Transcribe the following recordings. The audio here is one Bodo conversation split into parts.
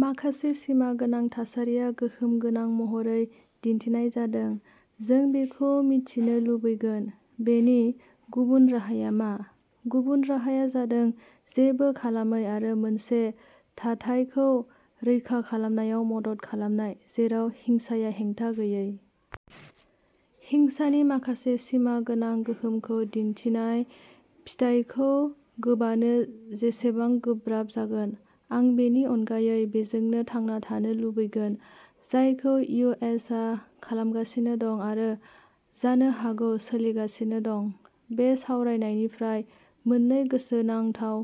माखासे सिमा गोनां थासारियाव गोहोम गोनां महरै दिन्थिनाय जादों, जों बेखौ मिथिनो लुबैगोन। बेनि गुबुन राहाया मा? गुबुन राहाया जादों जेबो खालामै आरो मोनसे थाथायखौ रैखा खालामनायाव मदद खालामनाय जेराव हिंसाया हेंथा गैयै। हिंसानि माखासे सिमा गोनां गोहोमखौ दिन्थिनाय फिथायखौ गोबानो जेसेबां गोब्राब जागोन, आं बेनि अनगायै बेजोंनो थांना थानो लुबैगोन, जायखौ इउ. एस. आ खालामगासिनो दं-आरो जानो हागौ सोलिगासिनो दं। बे सावरायनायनिफ्राय मोननै गोसोनांथाव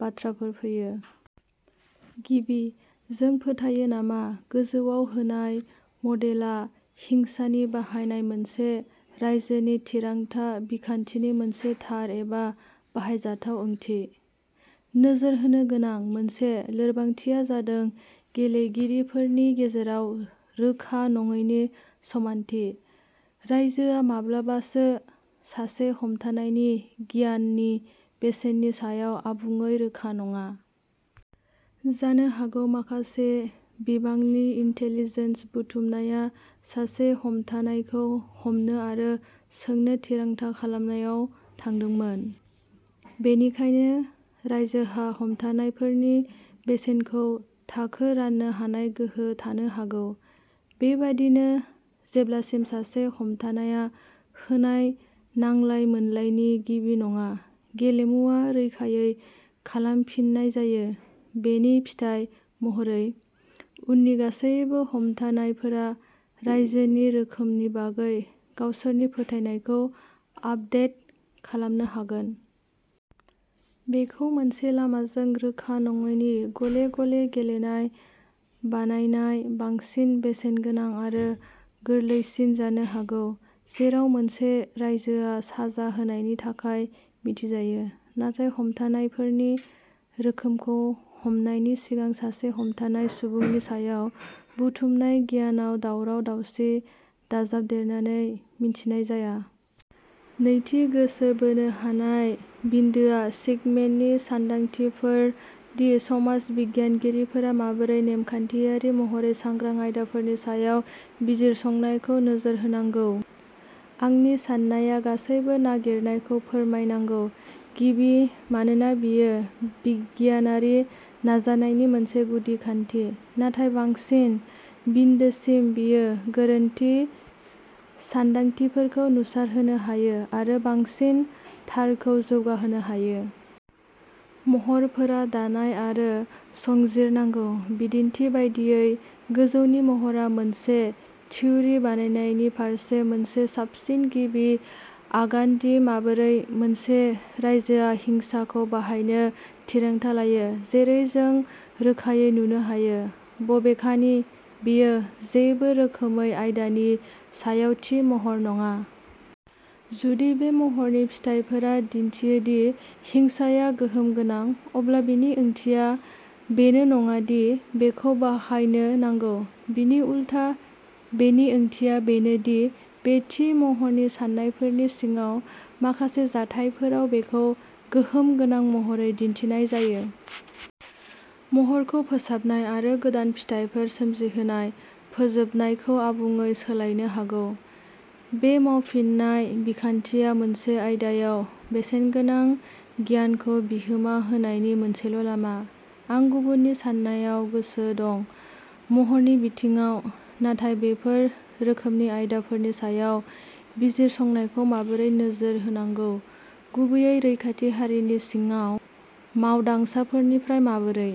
बाथ्राफोर फैयो। गिबि, जों फोथायो नामा गोजौआव होनाय मडेलआ हिंसानि बाहायनाय मोनसे रायजोनि थिरांथा बिखान्थिनि मोनसे थार एबा बाहायजाथाव ओंथि? नोजोर होनो गोनां मोनसे लोरबांथिया जादों गेलेगिरिफोरनि गेजेराव रोखा नङैनि समानथि। रायजोआ माब्लाबासो सासे हमथानायनि गियाननि बेसेननि सायाव आबुङै रोखा नङा। जानो हागौ माखासे बिबांनि इन्टेलिजेन्स बुथुमनाया सासे हमथानायखौ हमनो आरो सोंनो थिरांथा खालामनायाव थांदोंमोन, बेनिखायनो, रायजोहा हमथानायफोरनि बेसेनखौ थाखो राननो हानाय गोहो थानो हागौ। बेबायदिनो, जेब्लासिम सासे हमथानायआ होनाय नांलाय-मोनलायनि गिबि नङा, गेलेमुआ रोखायै खालामफिननाय जायो; बेनि फिथाय महरै, उननि गासैबो हमथानायफोरा रायजोनि रोखोमनि बागै गावसोरनि फोथायनायखौ आपदेट खालामनो हागोन। बेखौ मोनसे-लामाजों रोखा नङैनि गले-गले गेलेनाय बानायनाया बांसिन बेसेनगोनां आरो गोरलैसिन जानो हागौ, जेराव मोनसे रायजोआ साजा होनायनि थाखाय मिथिजायो, नाथाय हमथानायफोरनि रोखोमखौ हमनायनि सिगां सासे हमथानाय सुबुंनि सायाव बुथुमनाय गियानाव दावराव-दावसि दाजाबदेरनानै मिन्थिनाय जाया। नैथि गोसो बोनो हानाय बिन्दोआ स्किमेननि सानदांथिफोर दि समाज बिगियानगिरिफोरा माबोरै नेमखान्थियारि महरै सांग्रां आयदाफोरनि सायाव बिजिरसंनायखौ नोजोर होनांगौ। आंनि साननाया गासैबो नागिरनायखौ फोरमायनांगौ; गिबि मानोना बेयो बिगियानारि नाजानायनि मोनसे गुदि खान्थि, नाथाय बांसिन बिन्दोसिम, बेयो गोरोन्थि सान्दांथिफोरखौ नुसारहोनो हायो आरो बांसिन थारखौ जौगाहोनो हायो। महरफोर दानाय आरो संजिरनांगौ। बिदिन्थि बायदियै, गोजौनि महरआ मोनसे थिउरि बानायनायनि फारसे मोनसे साबसिन गिबि आगान दि माबोरै मोनसे रायजोआ हिंसाखौ बाहायनो थिरांथा लायो। जेरै जों रोखायै नुनो हायो, बबेखानि, बेयो जेबो रोखोमै आयदानि सायाव थि महर नङा। जुदि बे महरनि फिथायफोरा दिन्थियो दि हिंसाया गोहोम गोनां, अब्ला बेनि ओंथिया बेनो नङा दि बेखौ बाहायनो नांगौ। बिनि उलथा, बेनि ओंथिया बेनो दि बे थि महरनि सान्नायफोरनि सिङाव, माखासे जाथायफोराव, बेखौ गोहोम गोनां महरै दिन्थिनाय जायो। महरखौ फोसाबनाय, आरो गोदान फिथायफोर सोमजिहोनाय, फोजोबनायखौ आबुङै सोलायनो हागौ। बे मावफिननाय बिखान्थिया मोनसे आयदायाव बेसेनगोनां गियानखौ बिहोमा होनायनि मोनसेल'लामा। आं गुबुननि साननायाव गोसो दं, महरनि बिथिङाव, नाथाय बेफोर रोखोमनि आयदाफोरनि सायाव बिजिरसंनायखौ माबोरै नोजोर होनांगौ। गुबैयै रैखाथि हारिनि सिङाव मावदांसाफोरनिफ्राय। माबोरै